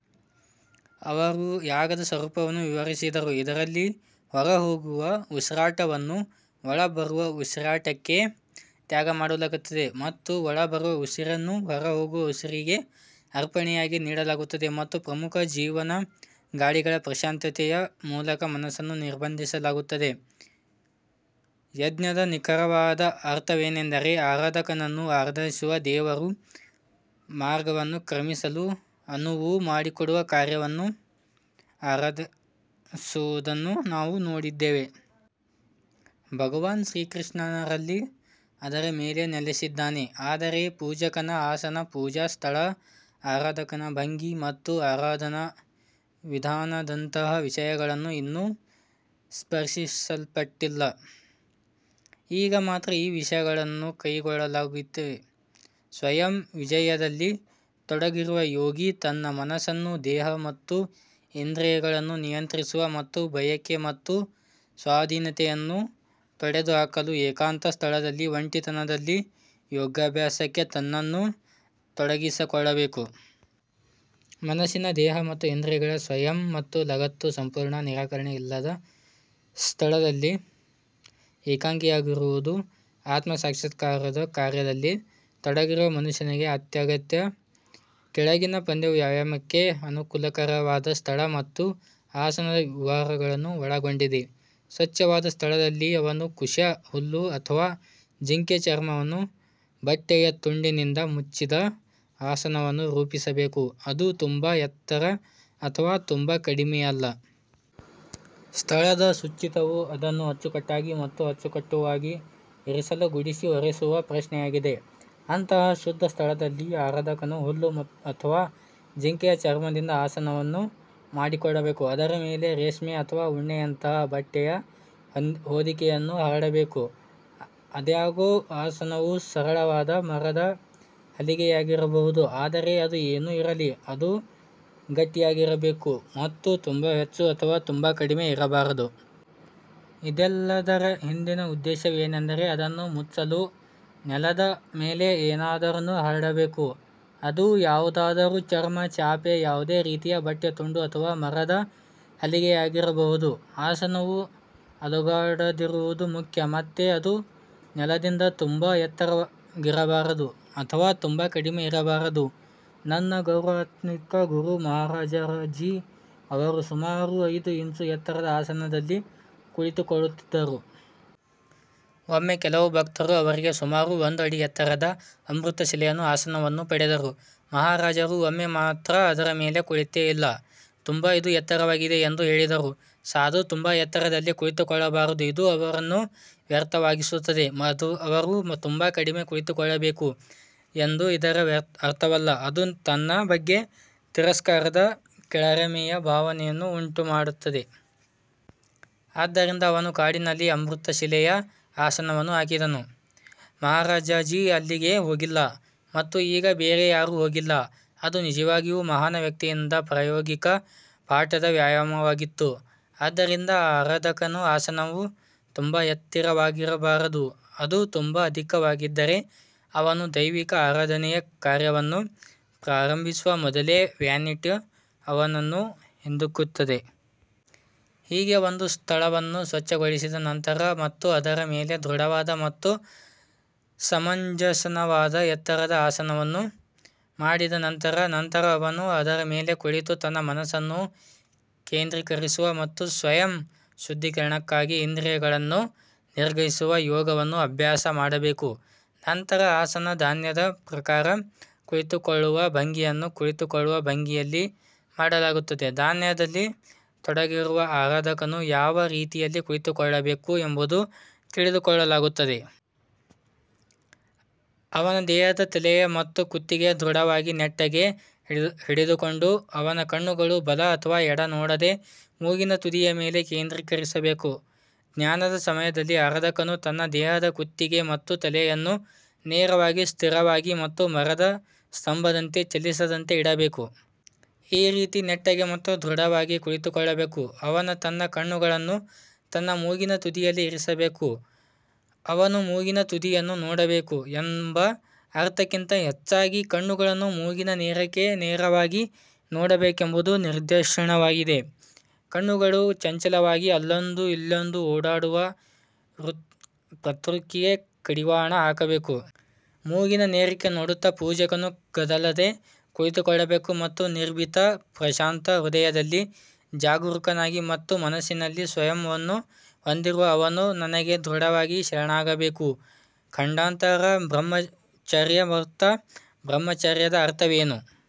ಅವರು ಯಾಗದ ಸ್ವರೂಪವನ್ನು ವಿವರಿಸಿದರು ಇದರಲ್ಲಿ ಹೊರಹೋಗುವ ಉಸಿರಾಟವನ್ನು ಒಳಬರುವ ಉಸಿರಾಟಕ್ಕೆ ತ್ಯಾಗಮಾಡಲಾಗುತ್ತದೆ ಮತ್ತು ಒಳಬರುವ ಉಸಿರನ್ನು ಹೊರಹೋಗುವ ಉಸಿರಿಗೆ ಅರ್ಪಣೆಯಾಗಿ ನೀಡಲಾಗುತ್ತದೆ ಮತ್ತು ಪ್ರಮುಖ ಜೀವನ ಗಾಳಿಗಳ ಪ್ರಶಾಂತತೆಯ ಮೂಲಕ ಮನಸ್ಸನ್ನು ನಿರ್ಬಂಧಿಸಲಾಗುತ್ತದೆ. ಯಜ್ಞದ ನಿಖರವಾದ ಅರ್ಥವೇನೆಂದರೆ ಆರಾಧಕನನ್ನು ಆರಾಧಿಸುವ ದೇವರ ಮಾರ್ಗವನ್ನು ಕ್ರಮಿಸಲು ಅನುವು ಮಾಡಿಕೊಡುವ ಕಾರ್ಯವನ್ನು ಆರಾಧಿಸುವುದನ್ನು ನಾವು ನೋಡಿದ್ದೇವೆ. ಭಗವಾನ್ ಶ್ರೀಕೃಷ್ಣನು ರಲ್ಲಿ ಅದರ ಮೇಲೆ ನೆಲೆಸಿದ್ದಾನೆ ಆದರೆ ಪೂಜಕನ ಆಸನ ಪೂಜಾ ಸ್ಥಳ ಆರಾಧಕನ ಭಂಗಿ ಮತ್ತು ಆರಾಧನಾ ವಿಧಾನದಂತಹ ವಿಷಯಗಳು ಇನ್ನೂ ಸ್ಪರ್ಶಿಸಲ್ಪಟ್ಟಿಲ್ಲ. ಈಗ ಮಾತ್ರ ಈ ವಿಷಯಗಳನ್ನು ಕೈಗೆತ್ತಿಕೊಳ್ಳಲಾಗಿದೆ. ಸ್ವಯಂ ವಿಜಯದಲ್ಲಿ ತೊಡಗಿರುವ ಯೋಗಿ ತನ್ನ ಮನಸ್ಸನ್ನು ದೇಹ ಮತ್ತು ಇಂದ್ರಿಯಗಳನ್ನು ನಿಯಂತ್ರಿಸುವ ಮತ್ತು ಬಯಕೆ ಮತ್ತು ಸ್ವಾಧೀನತೆಯನ್ನು ತೊಡೆದುಹಾಕಲು ಏಕಾಂತ ಸ್ಥಳದಲ್ಲಿ ಒಂಟಿತನದಲ್ಲಿ ಯೋಗಾಭ್ಯಾಸಕ್ಕೆ ತನ್ನನ್ನು ತೊಡಗಿಸಿಕೊಳ್ಳಬೇಕು. ಮನಸ್ಸಿನ ದೇಹ ಮತ್ತು ಇಂದ್ರಿಯಗಳ ಸಂಯಮ ಮತ್ತು ಲಗತ್ತುಗಳ ಸಂಪೂರ್ಣ ನಿರಾಕರಣೆ ಇಲ್ಲದ ಸ್ಥಳದಲ್ಲಿ ಏಕಾಂಗಿಯಾಗಿರುವುದು ಆತ್ಮಸಾಕ್ಷಾತ್ಕಾರದ ಕಾರ್ಯದಲ್ಲಿ ತೊಡಗಿರುವ ಮನುಷ್ಯನಿಗೆ ಅತ್ಯಗತ್ಯ. ಕೆಳಗಿನ ಪದ್ಯವು ವ್ಯಾಯಾಮಕ್ಕೆ ಅನುಕೂಲಕರವಾದ ಸ್ಥಳ ಮತ್ತು ಆಸನದ ವಿವರವನ್ನು ಒಳಗೊಂಡಿದೆ. ಸ್ವಚ್ಛವಾದ ಸ್ಥಳದಲ್ಲಿ ಅವನು ಕುಶ್ ಹುಲ್ಲು ಅಥವಾ ಜಿಂಕೆ ಚರ್ಮವನ್ನು ಬಟ್ಟೆಯ ತುಂಡಿನಿಂದ ಮುಚ್ಚಿದ ಆಸನವನ್ನು ರೂಪಿಸಬೇಕು ಅದು ತುಂಬಾ ಎತ್ತರ ಅಥವಾ ತುಂಬಾ ಕಡಿಮೆ ಅಲ್ಲ. ಸ್ಥಳದ ಶುಚಿತ್ವವು ಅದನ್ನು ಅಚ್ಚುಕಟ್ಟಾಗಿ ಮತ್ತು ಅಚ್ಚುಕಟ್ಟಾಗಿ ಇರಿಸಲು ಗುಡಿಸಿ ಒರೆಸುವ ಪ್ರಶ್ನೆಯಾಗಿದೆ. ಅಂತಹ ಶುದ್ಧ ಸ್ಥಳದಲ್ಲಿ ಆರಾಧಕನು ಹುಲ್ಲು ಅಥವಾ ಜಿಂಕೆ ಚರ್ಮದಿಂದ ಆಸನವನ್ನು ಮಾಡಿಕೊಳ್ಳಬೇಕು ಅದರ ಮೇಲೆ ರೇಷ್ಮೆ ಅಥವಾ ಉಣ್ಣೆಯಂತಹ ಬಟ್ಟೆಯ ಹೊದಿಕೆಯನ್ನು ಹರಡಬೇಕು. ಆದಾಗ್ಯೂ ಆಸನವು ಸರಳವಾದ ಮರದ ಹಲಗೆಯಾಗಿರಬಹುದು ಆದರೆ ಅದು ಏನೇ ಇರಲಿ ಅದು ಗಟ್ಟಿಯಾಗಿರಬೇಕು ಮತ್ತು ತುಂಬಾ ಹೆಚ್ಚು ಅಥವಾ ತುಂಬಾ ಕಡಿಮೆ ಇರಬಾರದು. ಇದೆಲ್ಲದರ ಹಿಂದಿನ ಉದ್ದೇಶವೆಂದರೆ ಅದನ್ನು ಮುಚ್ಚಲು ನೆಲದ ಮೇಲೆ ಏನನ್ನಾದರೂ ಹರಡಬೇಕು ಅದು ಯಾವುದಾದರೂ ಚರ್ಮ ಚಾಪೆ ಯಾವುದೇ ರೀತಿಯ ಬಟ್ಟೆಯ ತುಂಡು ಅಥವಾ ಮರದ ಹಲಗೆಯಾಗಿರಬಹುದು. ಆಸನವು ಅಲುಗಾಡದಿರುವುದು ಮುಖ್ಯ ಮತ್ತೆ ಅದು ನೆಲದಿಂದ ತುಂಬಾ ಎತ್ತರವಾಗಿರಬಾರದು ಅಥವಾ ತುಂಬಾ ಕಡಿಮೆ ಇರಬಾರದು. ನನ್ನ ಗೌರವಾನ್ವಿತ ಗುರು ಮಹಾರಾಜ್ ಜಿ ಅವರು ಸುಮಾರು ಐದು ಇಂಚು ಎತ್ತರದ ಆಸನದಲ್ಲಿ ಕುಳಿತುಕೊಳ್ಳುತ್ತಿದ್ದರು. ಒಮ್ಮೆ ಕೆಲವು ಭಕ್ತರು ಅವರಿಗೆ ಸುಮಾರು ಒಂದು ಅಡಿ ಎತ್ತರದ ಅಮೃತಶಿಲೆಯ ಆಸನವನ್ನು ಪಡೆದರು. ಮಹಾರಾಜರು ಒಮ್ಮೆ ಮಾತ್ರ ಅದರ ಮೇಲೆ ಕುಳಿತು ಇಲ್ಲ ಇದು ತುಂಬಾ ಎತ್ತರವಾಗಿದೆ ಎಂದು ಹೇಳಿದರು. ಸಾಧು ತುಂಬಾ ಎತ್ತರದಲ್ಲಿ ಕುಳಿತುಕೊಳ್ಳಬಾರದು ಇದು ಅವರನ್ನು ವ್ಯರ್ಥವಾಗಿಸುತ್ತದೆ. ಅವರು ತುಂಬಾ ಕಡಿಮೆ ಕುಳಿತುಕೊಳ್ಳಬೇಕು ಎಂದು ಇದರ ಅರ್ಥವಲ್ಲ ಅದು ತನ್ನ ಬಗ್ಗೆ ತಿರಸ್ಕಾರದ ಕೀಳರಿಮೆಯ ಭಾವನೆಯನ್ನು ಉಂಟುಮಾಡುತ್ತದೆ. ಆದ್ದರಿಂದ ಅವನು ಕಾಡಿನಲ್ಲಿ ಅಮೃತಶಿಲೆಯ ಆಸನವನ್ನು ಹಾಕಿದನು. ಮಹಾರಾಜ್ ಜಿ ಅಲ್ಲಿಗೆ ಹೋಗಿಲ್ಲ ಮತ್ತು ಈಗ ಬೇರೆ ಯಾರೂ ಹೋಗಿಲ್ಲ. ಅದು ನಿಜವಾಗಿಯೂ ಮಹಾನ್ ವ್ಯಕ್ತಿಯಿಂದ ಪ್ರಾಯೋಗಿಕ ಪಾಠದ ವ್ಯಾಯಾಮವಾಗಿತ್ತು. ಆದ್ದರಿಂದ ಆರಾಧಕರ ಆಸನವು ತುಂಬಾ ಎತ್ತರವಾಗಿರಬಾರದು ಅದು ತುಂಬಾ ಅಧಿಕವಾಗಿದ್ದರೆ ಅವನು ದೈವಿಕ ಆರಾಧನೆಯ ಕಾರ್ಯವನ್ನು ಪ್ರಾರಂಭಿಸುವ ಮೊದಲೇ ವ್ಯಾನಿಟಿ ಅವನನ್ನು ಹಿಂದಿಕ್ಕುತ್ತದೆ. ಹೀಗೆ ಒಂದು ಸ್ಥಳವನ್ನು ಸ್ವಚ್ಛಗೊಳಿಸಿದ ನಂತರ ಮತ್ತು ಅದರ ಮೇಲೆ ದೃಢವಾದ ಮತ್ತು ಸಮಂಜಸವಾದ ಎತ್ತರದ ಆಸನವನ್ನು ಮಾಡಿದ ನಂತರ ನಂತರ ಅವನು ಅದರ ಮೇಲೆ ಕುಳಿತು ತನ್ನ ಮನಸ್ಸನ್ನು ಕೇಂದ್ರೀಕರಿಸುವ ಮತ್ತು ಸ್ವಯಂ ಶುದ್ಧೀಕರಣಕ್ಕಾಗಿ ಇಂದ್ರಿಯಗಳನ್ನು ನಿಗ್ರಹಿಸುವ ಯೋಗವನ್ನು ಅಭ್ಯಾಸ ಮಾಡಬೇಕು. ನಂತರ ಆಸನ ಧ್ಯಾನದ ಪ್ರಕಾರ ಕುಳಿತುಕೊಳ್ಳುವ ಭಂಗಿಯನ್ನು ಕುಳಿತುಕೊಳ್ಳುವ ಭಂಗಿಯಲ್ಲಿ ಮಾಡಲಾಗುತ್ತದೆ ಧ್ಯಾನದಲ್ಲಿ ತೊಡಗಿರುವಾಗ ಆರಾಧಕನು ಯಾವ ರೀತಿಯಲ್ಲಿ ಕುಳಿತುಕೊಳ್ಳಬೇಕು ಎಂಬುದನ್ನು ತೆಗೆದುಕೊಳ್ಳಲಾಗುತ್ತದೆ. ಅವನ ದೇಹದ ತಲೆ ಮತ್ತು ಕುತ್ತಿಗೆಯನ್ನು ದೃಢವಾಗಿ ನೆಟ್ಟಗೆ ಹಿಡಿದಿಟ್ಟುಕೊಂಡು ಅವನ ಕಣ್ಣುಗಳು ಬಲ ಅಥವಾ ಎಡಕ್ಕೆ ನೋಡದೆ ಮೂಗಿನ ತುದಿಯ ಮೇಲೆ ಕೇಂದ್ರೀಕರಿಸಬೇಕು. ಧ್ಯಾನದ ಸಮಯದಲ್ಲಿ ಆರಾಧಕನು ತನ್ನ ದೇಹದ ಕುತ್ತಿಗೆ ಮತ್ತು ತಲೆಯನ್ನು ನೇರವಾಗಿ ಸ್ಥಿರವಾಗಿ ಮತ್ತು ಮರದ ಸ್ತಂಭದಂತೆ ಚಲಿಸದಂತೆ ಇಡಬೇಕು. ಈ ರೀತಿ ನೆಟ್ಟಗೆ ಮತ್ತು ದೃಢವಾಗಿ ಕುಳಿತುಕೊಳ್ಳುವ ಅವನು ತನ್ನ ಕಣ್ಣುಗಳನ್ನು ತನ್ನ ಮೂಗಿನ ತುದಿಯಲ್ಲಿ ಇರಿಸಬೇಕು. ಅವನು ಮೂಗಿನ ತುದಿಯನ್ನು ನೋಡಬೇಕು ಎಂಬ ಅರ್ಥಕ್ಕಿಂತ ಹೆಚ್ಚಾಗಿ ಕಣ್ಣುಗಳು ಮೂಗಿನ ನೇರಕ್ಕೆ ನೇರವಾಗಿ ನೋಡಬೇಕು ಎಂಬುದು ನಿರ್ದೇಶನವಾಗಿದೆ. ಕಣ್ಣುಗಳು ಚಂಚಲವಾಗಿ ಅಲ್ಲೊಂದು ಇಲ್ಲೊಂದು ಓಡಾಡುವ ಪ್ರವೃತ್ತಿಗೆ ಕಡಿವಾಣ ಹಾಕಬೇಕು. ಮೂಗಿನ ನೇರಕ್ಕೆ ನೋಡುತ್ತಾ ಪೂಜಕನು ಕದಲದೆ ಕುಳಿತುಕೊಳ್ಳಬೇಕು ಮತ್ತು ನಿರ್ಭೀತ ಪ್ರಶಾಂತ ಹೃದಯದಲ್ಲಿ ಜಾಗರೂಕನಾಗಿ ಮತ್ತು ಮನಸ್ಸಿನಲ್ಲಿ ಸಂಯಮವನ್ನು ಹೊಂದಿರುವ ಅವನು ನನಗೆ ದೃಢವಾಗಿ ಶರಣಾಗಬೇಕು. ಖಂಡಾಂತರ ಬ್ರಹ್ಮಚರ್ಯ ವ್ರತ ಬ್ರಹ್ಮಚರ್ಯದ ಅರ್ಥವೇನು?